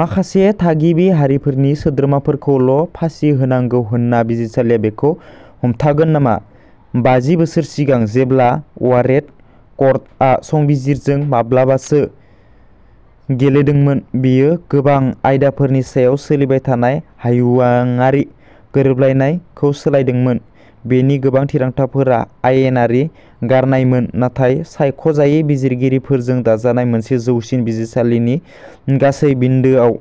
माखासे थागिबि हारिफोरनि सोद्रोमाफोरखौल' फासि होनांगौ होनना बिजिरसालिया बेखौ हमथागोन नामा? बाजि बोसोर सिगां, जेब्ला वारेन कर्टआ संबिजिरजों माब्लाबासो गेलेदोंमोन, बेयो गोबां आयदाफोरनि सायाव सोलिबाय थानाय हायुङारि गोरोबलायनाय खौ सोलायदोंमोन। बेनि गोबां थिरांथाफोरा आयेनारि गारनायमोन, नाथाय सायख'जायि बिजिरगिरिफोरजों दाजानाय मोनसे जौसिन बिजिरसालिनि गासै बिन्दोआव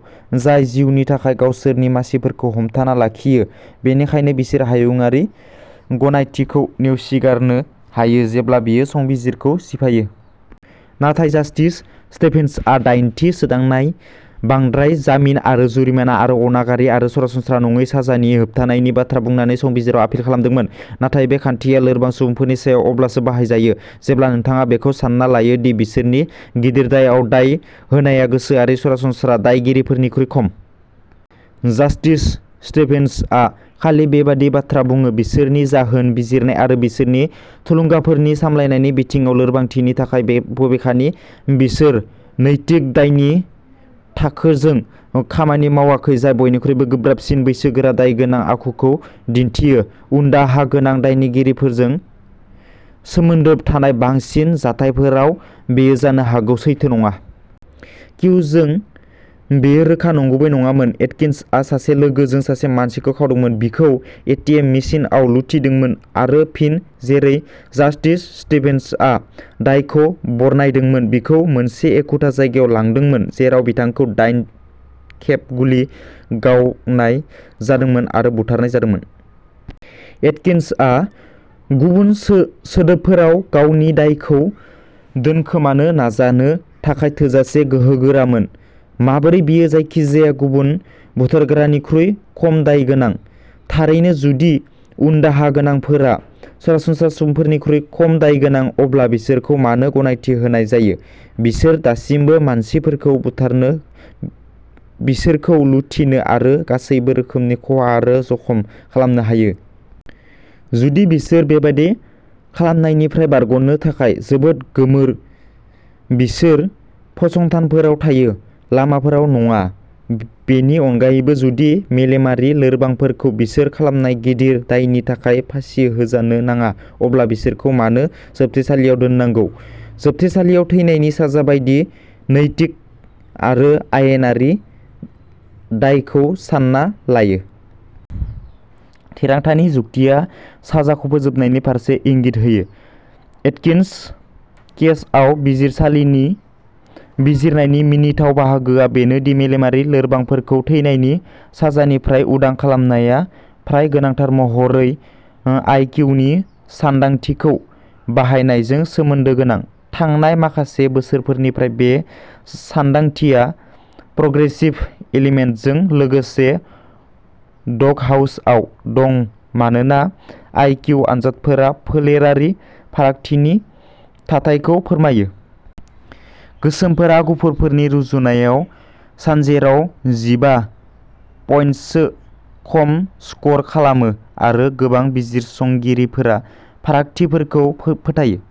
जाय जिउनि थाखाय गावसोरनि मासिफोरखौ हमथाना लाखियो, बेनिखायनो बिसोरो हायुङारि गनायथि खौ नेवसिगारनो हायो जेब्ला बेयो संबिजिरखौ सिफायो। नाथाय जास्टिस स्टेभेन्सआ दाइनथि सोदांनाय बांद्राय जामिन आरो जुरिमाना आरो अनागारि आरो सरासनस्रा नङै साजा नि होबथानायनि बाथ्रा बुंनानै संबिजिराव आपिल खालामदोंमोन। नाथाय बे खान्थिया लोरबां सुबुंफोरनि सायाव अब्लासो बाहायजायो जेब्ला नोंथाङा बेखौ सान्ना लायो दि बिसोरनि गिदिर दायआव दाय होनाया गोसोआरि सरासनस्रा दायगिरिफोरनिख्रुइ खम। जास्टिस स्टेभेन्सआ खालि बेबादि बाथ्रा बुङो बिसोरनि जाहोन बिजिरनाय आरो बिसोरनि थुलुंगाफोरनि सामलायनायनि बिथिङाव लोरबांथिनि थाखाय बे बबेखानि बिसोर नैतिक दायनि थाखोजों खामानि मावाखै जाय बयनिख्रुइबो गोब्राबसिन बैसोगोरा दायगोनां आखुखौ दिन्थियो। उनदाहा गोनां दायनिगिरिफोरजों सोमोन्दो थानाय बांसिन जाथायफोराव बेयो जानो हागौ सैथो नङा। किउ जों, बेयो रोखा नंगुबै नङामोन। एटकिन्सआ सासे लोगोजों सासे मानसिखौ खावदोंमोन बिखौ ए टि एम मेसिनआव लुथिदोंमोन आरो फिन, जेरै जास्टिस स्टिभेन्सआ दायखौ बरनायदोंमोन बिखौ मोनसे एखुथा जायगायाव लांदोंमोन जेराव बिथांखौ दाइन खेब गुलि गावनाय जादोंमोन आरो बुथारनाय जादोंमोन। एटकिन्सआ गुबुनसो सोदोबफोराव, गावनि दायखौ दोनखोमानो नाजानो थाखाय थोजासे गोहोगोरामोन। माबोरै बियो जायखिजाया गुबुन बुथारग्रानिख्रुइ खम दायगोनां? थारैनो जुदि उनदाहा गोनांफोरा सरासनस्रा सुबुंफोरनिख्रुइ खम दायगोनां अब्ला बिसोरखौ मानो गनायथि होनाय जायो? बिसोर दासिमबो मानसिफोरखौ बुथारनो बिसोरखौ लुथिनो आरो गासैबो रोखोमनि खहा आरो जखम खालामनो हायो। जुदि बिसोर बेबादि खालामनायनिफ्राय बारग'नो थाखाय जोबोद गोमोर बिसोर फसंथानफोराव थायो, लामाफोराव नङा। बेनि अनगायैबो जुदि मेलेमारि लोरबांफोरखौ बिसोर खालामनाय गिदिर दायनि थाखाय फासि होजानो नाङा अब्ला बिसोरखौ मानो जोबथेसालियाव दोननांगौ? जोबथेसालिया थैनायनि साजा बायदि नैतिक आरो आयेनारि दायखौ सानना लायो। थिरांथानि जुक्तिआ साजाखौ फोजोबनायनि फारसे इंगित होयो। एटकिन्स केसआव बिजिरसालिनि बिजिरनायनि मिनिथाव बाहागोआ बेनो दि मेलेमारि लोरबांफोरखौ थैनायनि साजानिफ्राय उदां खालामनाया फ्राय गोनांथार महरै ओ आइ किउ नि सानदांथिखौ बाहायनायजों सोमोन्दो गोनां। थांनाय माखासे बोसोरफोरनिफ्राय बे सानदांथिया प्रग्रेसिभ एलिमेन्टजों लोगोसे डगहाउसाव दं मानोना आइ किउ आनजादफोरा फोलेरारि फारागथिनि थाथायखौ फोरमायो। गोसोमफोरा गुफुरफोरनि रुजुनायाव सानजेराव जिबा पइन्टसो खम स्कर खालामो आरो गोबां बिजिरसंगिरिफोरा फारागथिफोरखौ फो फोथायो।